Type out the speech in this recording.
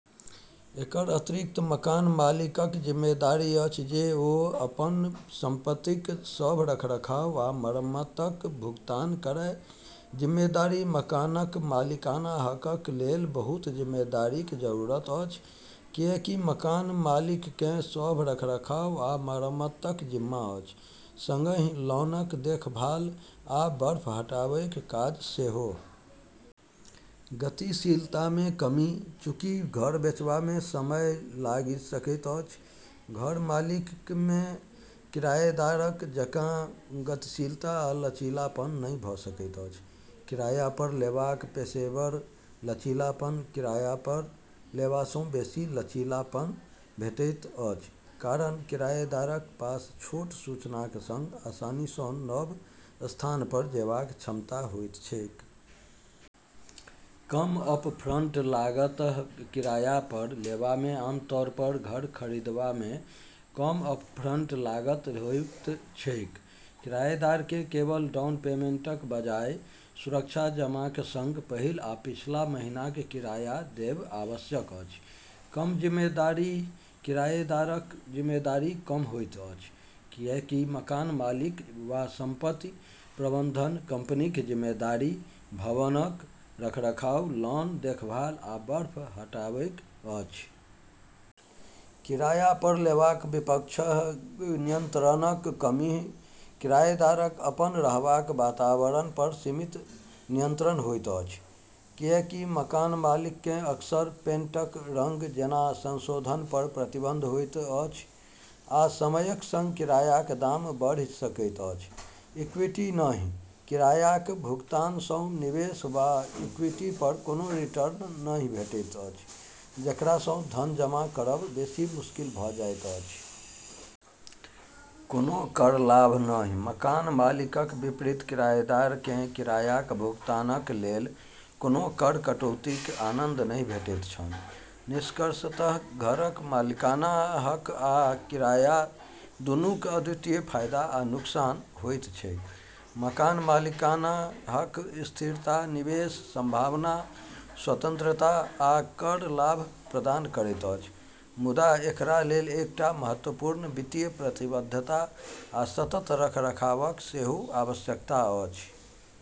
एकर अतिरिक्त, मकान मालिकक जिम्मेदारी अछि जे ओ अपन सम्पतिक सभ रखरखाव आ मरम्मतक भुगतान करय। जिम्मेदारी: मकानक मालिकाना हकक लेल बहुत जिम्मेदारीक जरूरत अछि, किएकि मकान मालिककेँ सभ रखरखाव आ मरम्मतक जिम्मा अछि, सँगही लॉनक देखभाल आ बर्फ हटाबैक काज सेहो। गतिशीलतामे कमी: चूंकि घर बेचबामे समय लागि सकैत अछि, घर मालिकमे किरायदारक जकाँ गतिशीलता आ लचीलापन नहि भऽ सकैत अछि। किरायापर लेबाक पेशेवर: लचीलापन: किरायापर लेबासँ बेसी लचीलापन भेटैत अछि, कारण किरायेदारक पास छोट सूचनाक सँग आसानीसँ नव स्थानपर जेबाक क्षमता होइत छैक। कम अपफ्रन्ट लागत: किरायापर लेबामे आमतौरपर घर खरी दबामे कम अपफ्रन्ट लागत होइत छैक, किरायेदारकेँ केवल डाउन पेमेन्टक बजाय, सुरक्षा जमाक सँग पहिल आ पिछला महीनाक किराया देब आवश्यक अछि। कम जिम्मेदारी: किरायेदारक जिम्मेदारी कम होइत अछि, किएकि मकान मालिक वा सम्पति प्रबन्धन कम्पनीक जिम्मेदारी भवनक रखरखाव, लॉन देखभाल, आ बर्फ हटाबैक अछि। किरायापर लेबाक विपक्ष: नियन्त्रणक कमी: किरायेदारक अपन रहबाक वातावरणपर सीमित नियन्त्रण होइत अछि, किएकि मकान मालिककेँ अक्सर पेन्टक रङ्ग जेना संशोधनपर प्रतिबन्ध होइत अछि, आ समयक सँग किरायाक दाम बढ़ि सकैत अछि। इक्विटी नहि: किरायाक भुगतानसँ निवेश वा इक्विटीपर कोनो रिटर्न नहि भेटैत अछि, जेकरासँ धन जमा करब बेसी मुश्किल भऽ जाइत अछि। कोनो कर लाभ नहि: मकान मालिकक विपरीत किरायदारकेँ किरायाक भुगतानक लेल कोनो कर कटौतीक आनन्द नहि भेटैत छनि। निष्कर्षतः घरक मालिकाना हक आ किराया दूनूक अद्वितीय फायदा आ नुकसान होइत छैक। मकान मालिकाना हक स्थिरता, निवेश सम्भावना, स्वतन्त्रता, आ कर लाभ प्रदान करैत अछि, मुदा एकरालेल एकटा महत्वपूर्ण वित्तीय प्रतिबद्धता आ सतत रखरखावक सेहो आवश्यकता अछि।